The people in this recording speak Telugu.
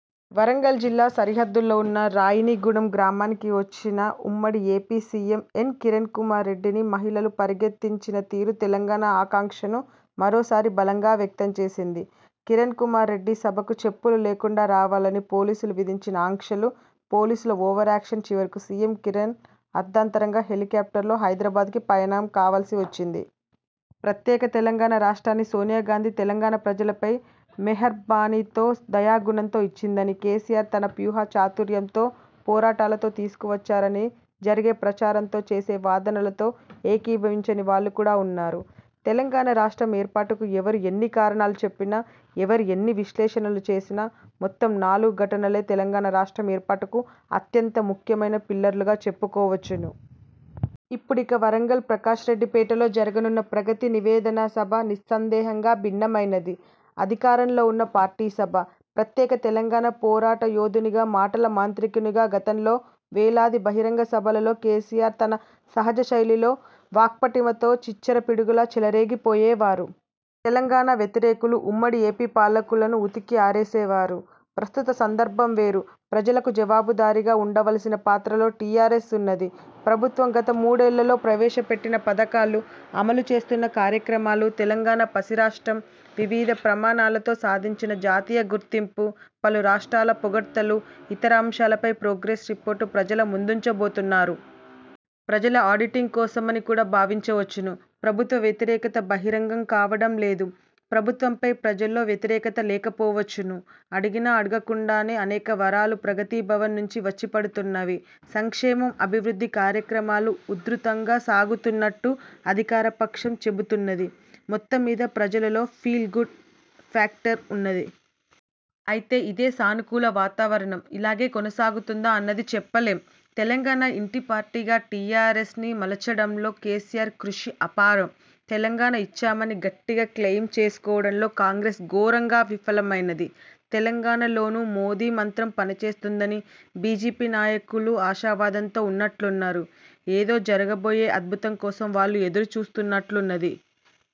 వరంగల్ జిల్లా సరిహద్దుల్లో ఉన్న రాయినిగూడెం గ్రామానికి వచ్చిన ఉమ్మడి AP CM N. Kiran Kumar రెడ్డిని మహిళలు పరిగెత్తించిన తీరు తెలంగాణ ఆకాంక్షను మరోసారి బలంగా వ్యక్తం చేసింది. కిరణ్ కుమార్ రెడ్డి సభకు చెప్పులు లేకుండా రావాలని పోలీసులు విధించిన ఆంక్షలు, పోలీసుల ఓవర్ యాక్షన్ చివరకు సీఎం కిరణ్ అర్ధాంతరంగా హెలికాప్టర్లో హైదారాబాద్కు పయనం కావలసి వచ్చింది. ప్రత్యేక తెలంగాణ రాష్ట్రాన్ని సోనియాగాంధీ తెలంగాణ ప్రజలపై 'మెహర్బానీ'తో, దయాగుణంతో ఇచ్చిందనీ, కేసీఆర్ తన వ్యూహ చాతుర్యంతో, పోరాటాలతో తీసుకువచ్చారనీ జరిగే ప్రచారంతో, చేసే వాదనలతో ఏకీభవించని వాళ్ళు కూడా ఉన్నారు. తెలంగాణ రాష్ట్రం ఏర్పాటుకు ఎవరు ఎన్ని కారణాలు చెప్పినా, ఎవరు ఎన్ని విశ్లేషణలు చేసినా మొత్తం నాలుగు ఘటనలే తెలంగాణ రాష్ట్రం ఏర్పాటుకు అత్యంత ముఖ్యమైన పిల్లర్లుగా చెప్పుకోవచ్చును. ఇప్పుడిక వరంగల్ ప్రకాష్ రెడ్డి పేటలో జరగనున్న 'ప్రగతి నివేదన సభ' నిస్సందేహంగా భిన్నమైనది. అధికారంలో ఉన్న పార్టీ సభ. ప్రత్యేక తెలంగాణ పోరాట యోధునిగా, మాటల మాంత్రికునిగా గతంలో వేలాది బహిరంగ సభలలో కేసీఆర్ తన సహజ శైలిలో, వాక్పటిమతో చిచ్చర పిడుగులా చెలరేగిపోయేవారు. తెలంగాణ వ్యతిరేకులు, ఉమ్మడి ఏపీ పాలకులను ఉతికి ఆరేసేవారు. ప్రస్తుత సందర్భం వేరు. ప్రజలకు జవాబుదారీగా ఉండవలసిన పాత్రలో టీఆర్ఎస్ ఉన్నది. ప్రభుత్వం గత మూడేళ్లలో ప్రవేశపెట్టిన పథకాలు, అమలు చేస్తున్న కార్యక్రమాలు, తెలంగాణ పసి రాష్ట్రం వివిధ ప్రమాణాలలో సాధించిన జాతీయ గుర్తింపు, పలు రాష్ట్రాల పొగడ్తలు, ఇతర అంశాలపై 'ప్రోగ్రెస్ రిపోర్టు' ప్రజల ముందుంచబోతున్నారు. ప్రజల ఆడిటింగ్ కోసమని కూడా భావించవచ్చును. ప్రభుత్వ వ్యతిరేకత బహిరంగం కావడం లేదు. ప్రభుత్వంపై ప్రజల్లో వ్యతిరేకత లేకపోవచ్చును. అడిగినా, అడగకుండానే అనేక వరాలు 'ప్రగతి భవన్' నుంచి వచ్చి పడుతున్నవి. సంక్షేమం, అభివృద్ధి కార్యక్రమాలు ఉధృతంగా సాగుతున్నట్టు అధికారపక్షం చెబుతున్నది. మొత్తంమీద ప్రజలలో 'ఫీల్ గుడ్' ఫ్యాక్టర్ ఉన్నది. అయితే ఇదే సానుకూల వాతావరణం ఇలాగే కొనసాగుతుందా అన్నది చెప్పలేం. తెలంగాణ ఇంటి పార్టీగా టీఆర్ఎస్ను మలచడంలో కేసీఆర్ కృషి అపారం. తెలంగాణ ఇచ్చామని గట్టిగా క్లయిం చేసుకోవడంలో కాంగ్రెస్ ఘోరంగా విఫలమైనది. తెలంగాణలోనూ మోదీ మంత్రం పనిచేస్తుందని బీజేపీ నాయకులు ఆశావాదంతో ఉన్నట్లున్నారు. ఏదో జరగబోయే 'అద్భుతం' కోసం వాళ్ళు ఎదురు చూస్తున్నట్లున్నది.